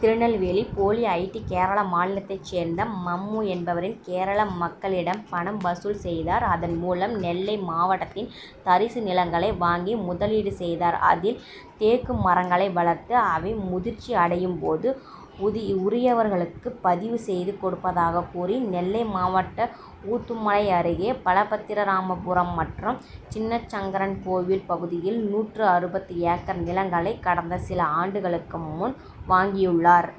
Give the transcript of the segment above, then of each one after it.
திருநெல்வேலி போலி I. T. Kerala மாநிலத்தை சேர்ந்த மம்மு என்பவர் கேரள மக்களிடம் பணம் வசூல் செய்தார். அதன் மூலம் நெல்லை மாவட்டத்தில் தரிசு நிலங்களை வாங்கி முதலீடு செய்தார். அதில் தேக்கு மரங்களை வளர்த்து அவை முதிர்ச்சி அடையும் போது உரியவர்களுக்கு பதிவு செய்து கொடுப்பதாக கூறி நெல்லை மாவட்டம் ஊத்துமலை அருகே பலபத்திரராமபுரம் மற்றும் சின்னசங்கரன்கோவில் பகுதியில் நூற்று அறுபது ஏக்கர் நிலங்களை கடந்த சில ஆண்டுகளுக்கு முன் வாங்கியுள்ளார்.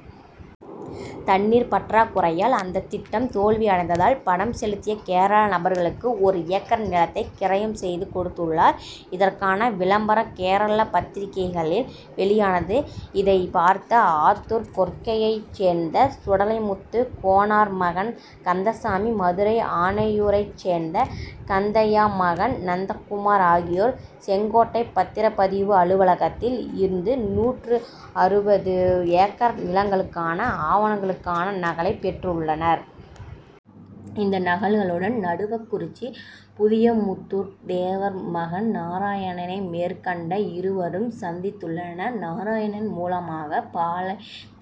தண்ணீர் பற்றாக்குறையால் அந்த திட்டம் தோல்வியடைந்ததால் பணம் செலுத்திய கேரள நபர்களுக்கு ஒரு ஏக்கர் நிலத்தை கிரையம் செய்து கொடுத்துள்ளார். இதற்கான விளம்பரம் கேரள பத்திரிகைகளில் வெளியானது. இதைப்பார்த்த ஆத்தூர் கொற்கையை சேர்ந்த சுடலைமுத்து கோனார் மகன் கந்தசாமி, மதுரை ஆனையூரைச் சேர்ந்த கந்தையா மகன் நந்தகுமார் ஆகியோர் செங்கோட்டை பத்திரப்பதிவு அலுவலகத்தில் இருந்து நூற்று அறுபது ஏக்கர் நிலங்களுக்கான ஆவணங்களுக்கான நகலை பெற்றுள்ளனர். இந்த நகல்களுடன் நடுவக்குறிச்சி புதியமுத்தூர் தேவர் மகன் நாராயணனை மேற்கண்ட இருவரும் சந்தித்துள்ளனர். நாராயணன் மூலமாக பாளை.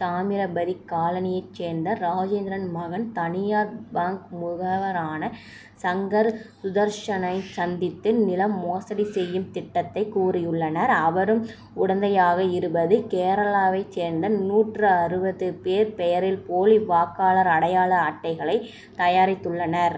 தாமிரபதி காலனியை சேர்ந்த ராஜேந்திரன் மகன் தனியார் பாங்க் முகவரான சங்கர் சுதர்ஸனை சந்தித்து, நில மோசடி செய்யும் திட்டத்தை கூறியுள்ளனர். அவரும் உடந்தையாக இருந்து கேரளாவை சேர்ந்த நூற்று அறுபது பேர் பெயரில் போலி வாக்காளர் அடையாள அட்டைகளை தயாரித்துள்ளனர்.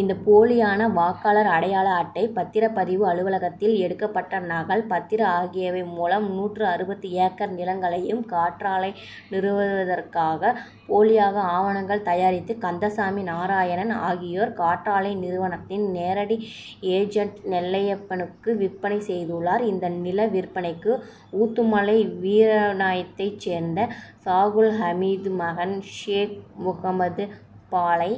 இந்த போலியான வாக்காளர் அடையாள அட்டை, பத்திரப்பதிவு அலுவலகத்தில் எடுக்கப்பட்ட நகல் பத்திரம் ஆகியவை மூலம் நூற்று அறுபது ஏக்கர் நிலங்களையும் காற்றாலை நிறுவுவதற்காக போலியாக ஆவணங்கள் தயாரித்து கந்தசாமி, நாராயணன் ஆகியோர் காற்றாலை நிறுவனத்தின் நேரடி ஏஜென்ட் நெல்லையப்பனுக்கு விற்பனை செய்துள்ளனர். இந்த நிலம் விற்பனைக்கு ஊத்துமலை வீராணத்தை சேர்ந்த சாகுல் ஹமீது மகன் ஷேக் முகம்மது, பாளை.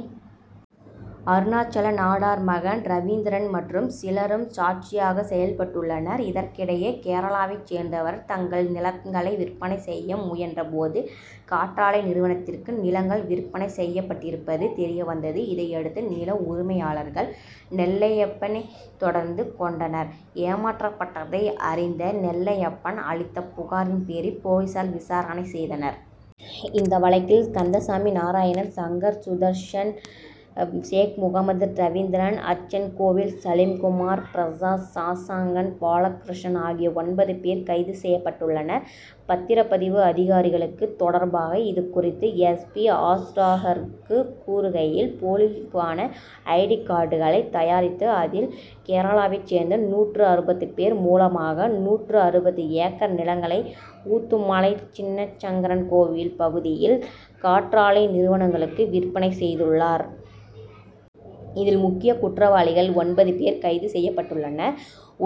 அருணாசலநாடார் மகன் ரவீந்திரன் மற்றும் சிலரும் சாட்சியாக செயல்பட்டுள்ளனர். இதற்கிடையே கேரளாவை சேர்ந்தவர்கள் தங்கள் நிலங்களை விற்பனை செய்ய முயன்ற போது காற்றாலை நிறுவனத்திற்கு நிலங்கள் விற்பனை செய்யப்பட்டிருப்பது தெரியவந்தது. இதையடுத்து நில உரிமையாளர்கள் நெல்லையப்பனை தொடர்பு கொண்டனர். ஏமாற்றப்பட்டதை அறிந்த நெல்லையப்பன் அளித்த புகாரின் பேரில் போலீசார் விசாரணை செய்தனர். இந்த வழக்கில் கந்தசாமி, நாராயணன், சங்கர் சுதர்ஸன், சேக்முகம்மது, ரவீந்திரன், அச்சன்கோவில் சலீம்குமார், பிரசாத், சசாங்கன், பாலகிருஷ்ணன் ஆகிய ஒன்பது பேர் கைது செய்யப்பட்டுள்ளனர். பத்திரப்பதிவு அதிகாரிகளுக்கு தொடர்பா! இதுகுறித்து எஸ். பி. ஆஸ்ராகர்க் கூறுகையில், போலியான ஐ. டி. கார்டுகளை தயாரித்து அதில் கேரளாவை சேர்ந்த நூற்று அறுபது பேர் மூலமாக நூற்று அறுபது ஏக்கர் நிலங்களை ஊத்துமலை, சின்னசங்கரன்கோவில் பகுதியில் காற்றாலை நிறுவனங்களுக்கு விற்பனை செய்துள்ளனர். இதில் முக்கிய குற்றவாளிகள் ஒன்பது பேர் கைது செய்யப்பட்டுள்ளனர்.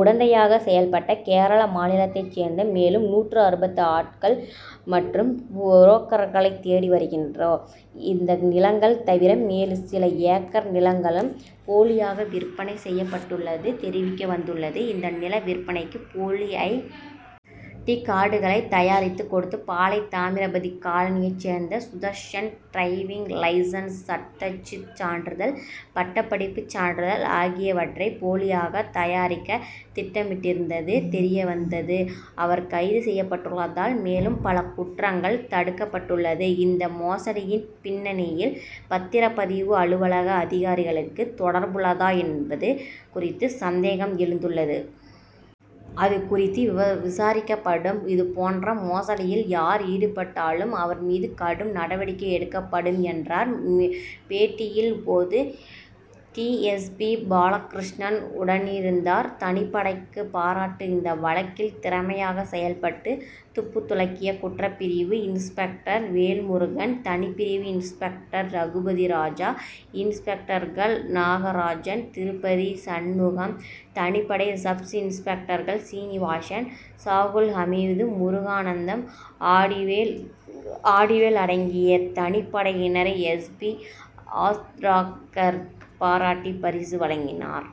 உடந்தையாக செயல்பட்ட கேரள மாநிலத்தை சேர்ந்த மேலும் நூற்று அறுபது ஆட்கள் மற்றும் புரோக்கர்களை தேடி வருகிறோம். இந்த நிலங்கள் தவிர மேலும் சில ஏக்கர் நிலங்களும் போலியாக விற்பனை செய்யப்பட்டுள்ளது தெரியவந்துள்ளது. இந்த நில விற்பனைக்கு போலி ஐ. டி. கார்டுகளை தயாரித்து கொடுத்த பாளை. தாமிரபதி காலனியை சேர்ந்த சுதர்ஸன் டிரைவிங் லைசென்ஸ், தட்டச்சு சான்றிதழ், பட்டப்படிப்பு சான்றிதழ் ஆகியவற்றை போலியாக தயாரிக்க திட்டமிட்டிருந்தது தெரியவந்தது. அவர் கைது செய்யப்பட்டுள்ளதால் மேலும் பல குற்றங்கள் தடுக்கப்பட்டுள்ளது. இந்த மோசடியின் பின்னணியில் பத்திரப்பதிவு அலுவலக அதிகாரிகளுக்கு தொடர்புள்ளதா என்பது குறித்து சந்தேகம் எழுந்துள்ளது. அதுகுறித்து விசாரிக்கப்படும். இதுபோன்ற மோசடியில் யார் ஈடுபட்டாலும் அவர்கள் மீது கடும் நடவடிக்கை எடுக்கப்படும் என்றார். பேட்டியின் போது டி. எஸ். பி. பாலகிருஷ்ணன் உடனிருந்தார். தனிப்படைக்கு பாராட்டு இந்த வழக்கில் திறமையாக செயல்பட்டு துப்புதுலக்கிய குற்றப்பிரிவு இன்ஸ்பெக்டர் வேல்முருகன், தனிப்பிரிவு இன்ஸ்பெக்டர் ரகுபதிராஜா, இன்ஸ்பெக்டர்கள் நாகராஜன், திருப்பதி, சண்முகம், தனிப்படை சப்-இன்ஸ்பெக்டர்கள் சீனிவாசன், சாகுல்ஹமீது, முருகானந்தம், ஆடிவேல் அடங்கிய தனிப்படையினரை எஸ். பி. ஆஸ்ராகர்க் பாராட்டி பரிசு வழங்கினார்.